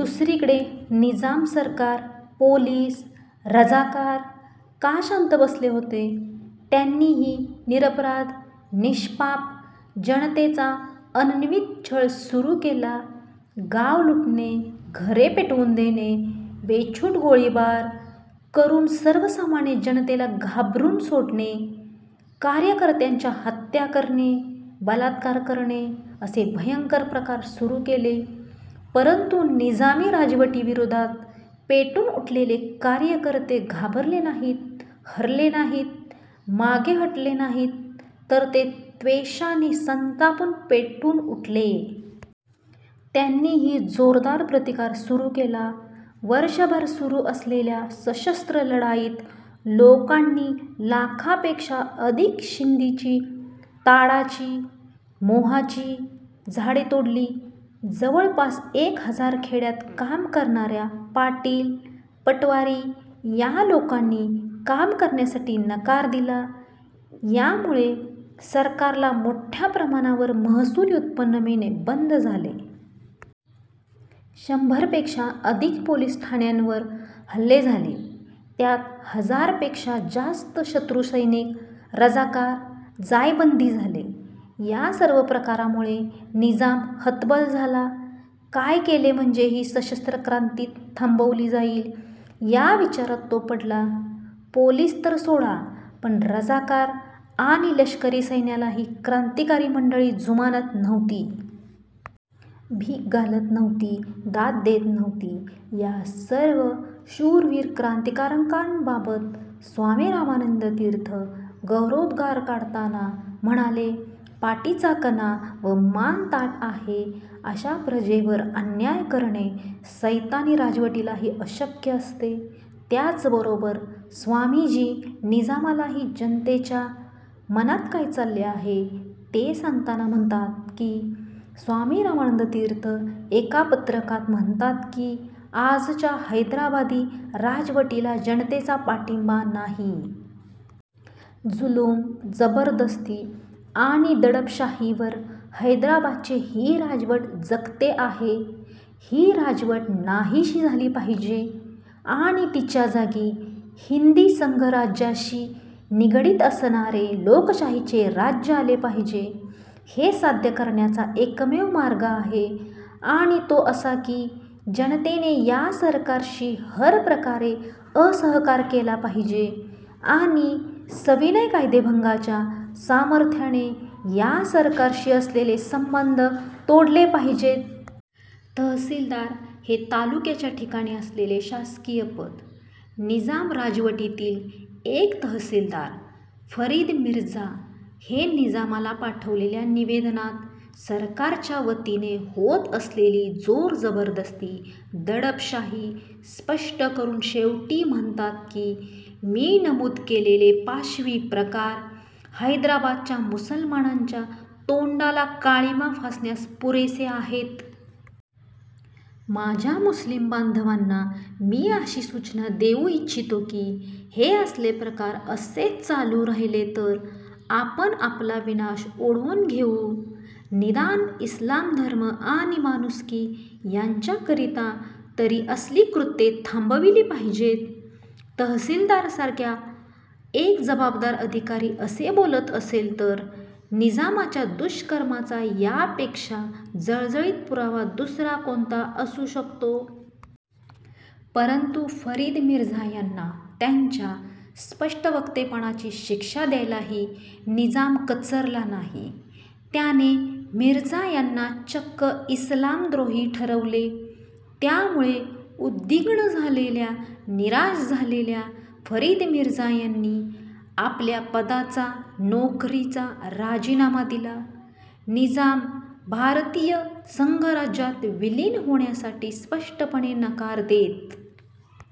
दुसरीकडे निजाम सरकार, पोलीस, रझाकार का शांत बसले होते? त्यांनीही निरपराध, निष्पाप जनतेचा अनन्वित छळ सुरू केला. गाव लुटणे, घरे पेटवून देणे, बेछूट गोळीबार करून सर्वसामान्य जनतेला घाबरून सोडणे, कार्यकर्त्यांच्या हत्या करणे, बलात्कार करणे असे भयंकर प्रकार सुरू केले, परंतु निजामी राजवटीविरोधात पेटून उठलेले कार्यकर्ते घाबरले नाहीत, हरले नाहीत, मागे हटले नाहीत, तर ते त्वेषाने, संतापाने पेटून उठले. त्यांनीही जोरदार प्रतिकार सुरू केला. वर्षभर सुरू असलेल्या सशस्त्र लढाईत लोकांनी लाखापेक्षा अधिक शिंदीची, ताडाची, मोहाची झाडे तोडली. जवळपास एक हजार खेड्यात काम करणाऱ्या पाटील, पटवारी या लोकांनी काम करण्यासाठी नकार दिला. यामुळे सरकारला मोठ्या प्रमाणावर महसुली उत्पन्न मिळणे बंद झाले. शंभरपेक्षा अधिक पोलीस ठाण्यांवर हल्ले झाले. त्यात हजारपेक्षा जास्त शत्रू सैनिक, रझाकार जायबंदी झाले. या सर्व प्रकारामुळे निजाम हतबल झाला. काय केले म्हणजे ही सशस्त्र क्रांती थांबवली जाईल, या विचारात तो पडला. पोलीस तर सोडा, पण रझाकार आणि लष्करी सैन्यालाही क्रांतिकारी मंडळी जुमानत नव्हती. भीक घालत नव्हती. दाद देत नव्हती. या सर्व शूरवीर क्रांतिकारकांबाबत स्वामी रामानंद तीर्थ गौरवोद्गार काढताना म्हणाले, पाठीचा कणा व मान ताठ आहे अशा प्रजेवर अन्याय करणे सैतानी राजवटीलाही अशक्य असते. त्याचबरोबर स्वामीजी निजामालाही जनतेच्या मनात काय चालले आहे ते सांगताना म्हणतात की, स्वामी रामानंद तीर्थ एका पत्रकात म्हणतात की, आजच्या हैदराबादी राजवटीला जनतेचा पाठिंबा नाही. जुलूम, जबरदस्ती आणि दडपशाहीवर हैदराबादची ही राजवट जगते आहे. ही राजवट नाहीशी झाली पाहिजे आणि तिच्या जागी हिंदी संघराज्याशी निगडित असणारे लोकशाहीचे राज्य आले पाहिजे. हे साध्य करण्याचा एकमेव मार्ग आहे आणि तो असा की जनतेने या सरकारशी हरप्रकारे असहकार केला पाहिजे आणि सविनय कायदेभंगाच्या सामर्थ्याने या सरकारशी असलेले संबंध तोडले पाहिजेत. तहसीलदार हे तालुक्याच्या ठिकाणी असलेले शासकीय पद! निजाम राजवटीतील एक तहसीलदार फरीद मिर्झा हे निजामाला पाठवलेल्या निवेदनात सरकारच्यावतीने होत असलेली जोरजबरदस्ती, दडपशाही स्पष्ट करून शेवटी म्हणतात की, मी नमूद केलेले पाशवी प्रकार हैदराबादच्या मुसलमानांच्या तोंडाला काळिमा फासण्यास पुरेसे आहेत. माझ्या मुस्लीम बांधवांना मी अशी सूचना देऊ इच्छितो की हे असले प्रकार असेच चालू राहिले तर आपणच आपला विनाश ओढवून घेऊ. निदान इस्लाम धर्म आणि माणुसकी यांच्याकरिता तरी असली कृत्ये थांबविली पाहिजेत. तहसीलदारसारखा एक जबाबदार अधिकारी असे बोलत असेल तर निजामाच्या दुष्कर्माचा यापेक्षा जळजळीत पुरावा दुसरा कोणता असू शकतो? परंतु फरीद मिर्झा यांना त्यांच्या स्पष्टवक्तेपणाची शिक्षा द्यायलाही निजाम कचरला नाही. त्याने मिर्झा यांना चक्क इस्लामद्रोही ठरवले. त्यामुळे उद्विग्न झालेल्या, निराश झालेल्या फरीद मिर्झा यांनी आपल्या पदाचा, नोकरीचा राजीनामा दिला. निजाम भारतीय संघराज्यात विलीन होण्यासाठी स्पष्टपणे नकार देत.